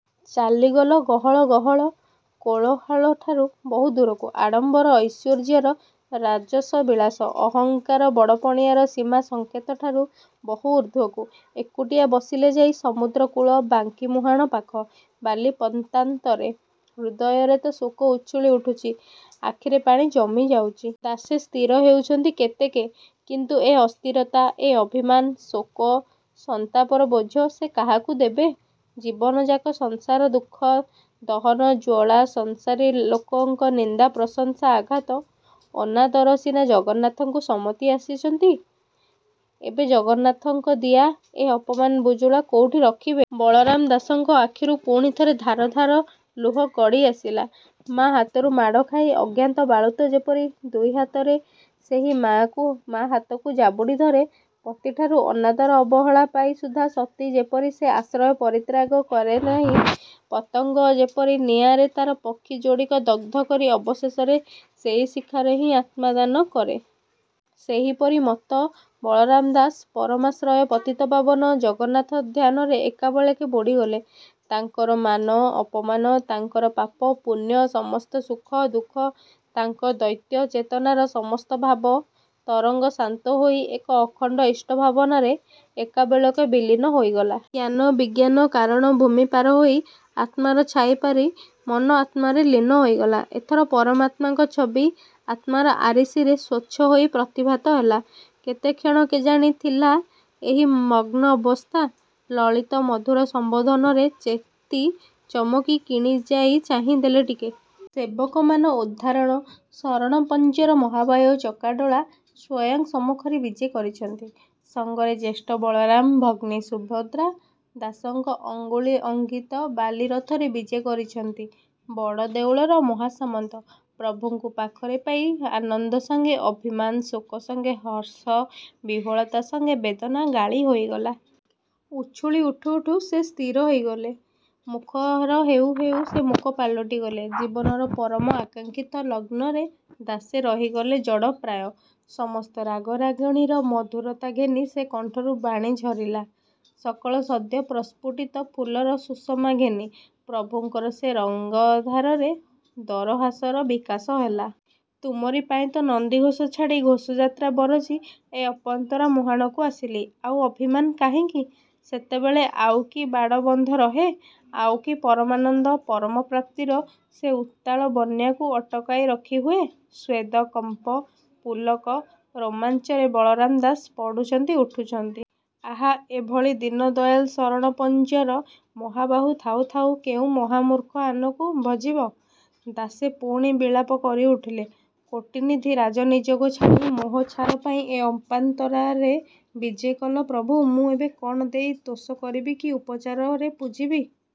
ଚାଲିଗଲେ ଗହଳ ଚହଳ କୋଳାହଳଠାରୁ, ବହୁ ଦୂରକୁ। ଆଡ଼ମ୍ବର ଐଶ୍ୱର୍ଯ୍ୟର ରାଜସ ବିଳାସ, ଅହଂକାର ବଡ଼ପଣିଆର ସୀମା ସଂକେତ ଠାରୁ ବହୁ ଊର୍ଦ୍ଧ୍ୱକୁ। ଏକୁଟିଆ ବସିଲେ ଯାଇ ସମୁଦ୍ର କୂଳ, ବାଙ୍କି ମୁହାଣ ପାଖ, ବାଲି ପନ୍ତାରରେ। ହୃଦୟରେ ତ ଶୋକ ଉଚ୍ଛୁଳି ଉଠୁଛି ଆଖିରେ ପାଣି ଜମି ଯାଉଛି। ଦାଶେ ସ୍ଥିର ହେଉଛନ୍ତି କେତେକେ। କିନ୍ତୁ ଏ ଅସ୍ଥିରତା ଏ ଅଭିମାନ, ଶୋକ। ସନ୍ତାପର ବୋଝ ସେ କାହାକୁ ଦେବେ। ଜୀବନଯାକ ସଂସାର ଦୁଃଖ ଦହନ ଜ୍ୱାଳା, ସଂସାରୀ ଲୋକଙ୍କ ନିନ୍ଦା ପ୍ରଶଂସା ଆଘାତ, ଅନାଦର ସିନା ଜଗନ୍ନାଥଙ୍କୁ ସମର୍ପି ଆସିଛନ୍ତି, ଏବେ ଜଗନ୍ନାଥଙ୍କ ଦିଆ, ଏ ଅପମାନର ବୁଜୁଳା କୋଉଠି ରଖିବେ? ବଳରାମ ଦାସଙ୍କ ଆଖିରୁ ପୁଣିଥରେ, ଧାର ଧାର ଲୁହ ଗଡ଼ି ଆସିଲା। ମାଆ ହାତରୁ ମାଡ଼ ଖାଇ ଅଜ୍ଞାନ ବାଳୁତ ଯେପରି ଦୁଇ ହାତରେ ସେହି ମା'ହାତକୁ ଜାବୁଡ଼ି ଧରେ, ପତିଠାରୁ ଅନାଦର, ଅବହେଳା ପାଇ ସୁଦ୍ଧା ସତୀ ଯେପରି ସେ ଆଶ୍ରୟ ପରିତ୍ୟାଗ କରିପାରେ ନାହିଁ, ପତଙ୍ଗ ଯେପରି ନିଆଁରେ ତା'ର ପକ୍ଷୀ ଯୋଡ଼ିକ ଦଗ୍ଧ କରି ଅବଶେଷରେ ସେଇ ଶିଖାରେ ହିଁ ଆତ୍ମା ଦାନ କରେ। ସେହିପରି ମତ୍ତ ବଳରାମ ଦାସ ପରମାଶ୍ରୟ ପତିତପାବନ ଜଗନ୍ନାଥଙ୍କ ଧ୍ୟାନରେ ଏକାବେଳକେ ବୁଡ଼ିଗଲେ। ତାଙ୍କର ମାନ, ଅପମାନ, ତାଙ୍କର ପାପପୁଣ୍ୟ, ତାଙ୍କର ସୁଖ, ଦୁଃଖ ତାଙ୍କ ଦୈତ୍ୟ ଚେତନାର ସମସ୍ତ ଭାବ ତରଙ୍ଗ ଶାନ୍ତ ହୋଇ ଏକ ଅଖଣ୍ଡ ଇଷ୍ଟ ଭାବନାରେ ଏକାବେଳକେ ବିଲୀନ ହୋଇଗଲା। ଜ୍ଞାନ ବିଜ୍ଞାନ କାରଣ ଭୂମି ପାର ହୋଇ, ଆତ୍ମାର ଛାଇ ପରି, ମନ ଆତ୍ମାରେ ଲୀନ ହୋଇଗଲା। ଏଥର ପରମାତ୍ମାଙ୍କ ଛବି ଆତ୍ମାର ଆରିସିରେ ସ୍ୱଚ୍ଛ ହୋଇ ପ୍ରତିଭାତ ହେଲା -। କେତେକ୍ଷଣ କେଜାଣି ଥିଲା ଏହିଭଳି ମଗ୍ନ ଅବସ୍ଥା? ଲଳିତ ମଧୂର ସମ୍ବୋଧନରେ ଚେତି, ଚମକି କଣିୟାଇ ଚାହିଁ ଦେଲେ ଟିକେ। ସେବକ ମାନ ଉଦ୍ଧାରଣ, ଶରଣପଞ୍ଜର ମହାବାହୁ ଚକାଡ଼ୋଳା ସ୍ଵୟଂ ସମ୍ମୁଖରେ ବିଜେ କରିଛନ୍ତି ସଙ୍ଗରେ ଜ୍ୟେଷ୍ଠ ବଳରାମ, ଭଗ୍ନୀ ସୁଭଦ୍ରା। ଦାସଙ୍କ ଅଙ୍ଗୁଳି ଅଙ୍କିତ ବାଲି ରଥରେ ବିଜେ କରିଛନ୍ତି, ବଡ଼ ଦେଉଳର ମହାସାମନ୍ତ। ପ୍ରଭୁଙ୍କୁ ପାଖରେ ପାଇ ଆନନ୍ଦ ସଙ୍ଗେ ଅଭିମାନ, ଶୋକସଙ୍ଗେ ହର୍ଷ, ବିହ୍ୱଳିତା ସଙ୍ଗେ ବେଦନା ଗୋଳି ହୋଇଗଲା। ଉଛୁଳି ଉଠୁ ଉଠୁ ସେ ସ୍ଥିର, ହୋଇ ଗଲେ। ମୁଖର ହେଉ ହେଉ ସେ ମୁକ ପାଲଟି ଗଲେ। ଜୀବନର ପରମ ଆକାକ୍ଷିଂତ ଲଗ୍ନରେ ଦାସେ ରହିଗଲେ ଜଡ଼ ପ୍ରାୟ। ସମସ୍ତ ରାଗ ରାଗିଣୀର, ମଧୁରତା ଘେନି ସେ କଣ୍ଠରୁ ବାଣୀ ଝରିଲା। ସକଳ ସଦ୍ୟ ପ୍ରସ୍ଫୁଟିତ ଫୁଲର ସୁଷମା ଘେନି, ମହାପ୍ରଭୁଙ୍କର ସେ ରଙ୍ଗାଧରରେ ଦରହାସର ବିକାଶ ହେଲା। ''ତୁମରି ପାଇଁତ ନନ୍ଦିଘୋଷ ଛାଡ଼ି, ଘୋଷଯାତ୍ରା ବରଜି, ଏ ଅପନ୍ତରା ମୁହାଣକୁ ଆସିଲି। ଆଉ ଅଭିମାନ କାହିଁକି? '' ସେତେବେଳେ ଆଉକି ବାଡ଼ ବନ୍ଧ ରହେ? ଆଉକି ପରମାନନ୍ଦ, ପରମ ପ୍ରାପ୍ତିର ସେ ଉତ୍ତାଳ ବନ୍ୟାକୁ ଅଟକାଇ ରଖିହୁଏ। ସ୍ୱେଦ, କମ୍ପ, ପୁଲକ, ରୋମାଞ୍ଚରେ ବଳରାମ ଦାସ ପଢ଼ୁଛନ୍ତି, ଉଠୁଛନ୍ତି। ଆହା ଏ ଭଳି ଦୀନ ଦୟାଲ ଶରଣ ପଞ୍ଜର ମହାବାହୁ ଥାଉ ଥାଉ କେଉଁ ମହାମୂର୍ଖ ଆନକୁ ଭଜିବ? ଦାଶେ ପୁଣି ବିଳାପ କରି ଉଠିଲେ, କୋଟିନିଧି ରାଜ ନିଯୋଗ ଛାଡ଼ି ମୋହ ଛାର ପାଇଁ ଏ ଅପନ୍ତରାରେ ବିଜେକଲ ପ୍ରଭୁ। ମୁଁ ଏବେ କ'ଣ ଦେଇ ତୋଷ କରିବି କି ଉପଚାରରେ ପୂଜିବି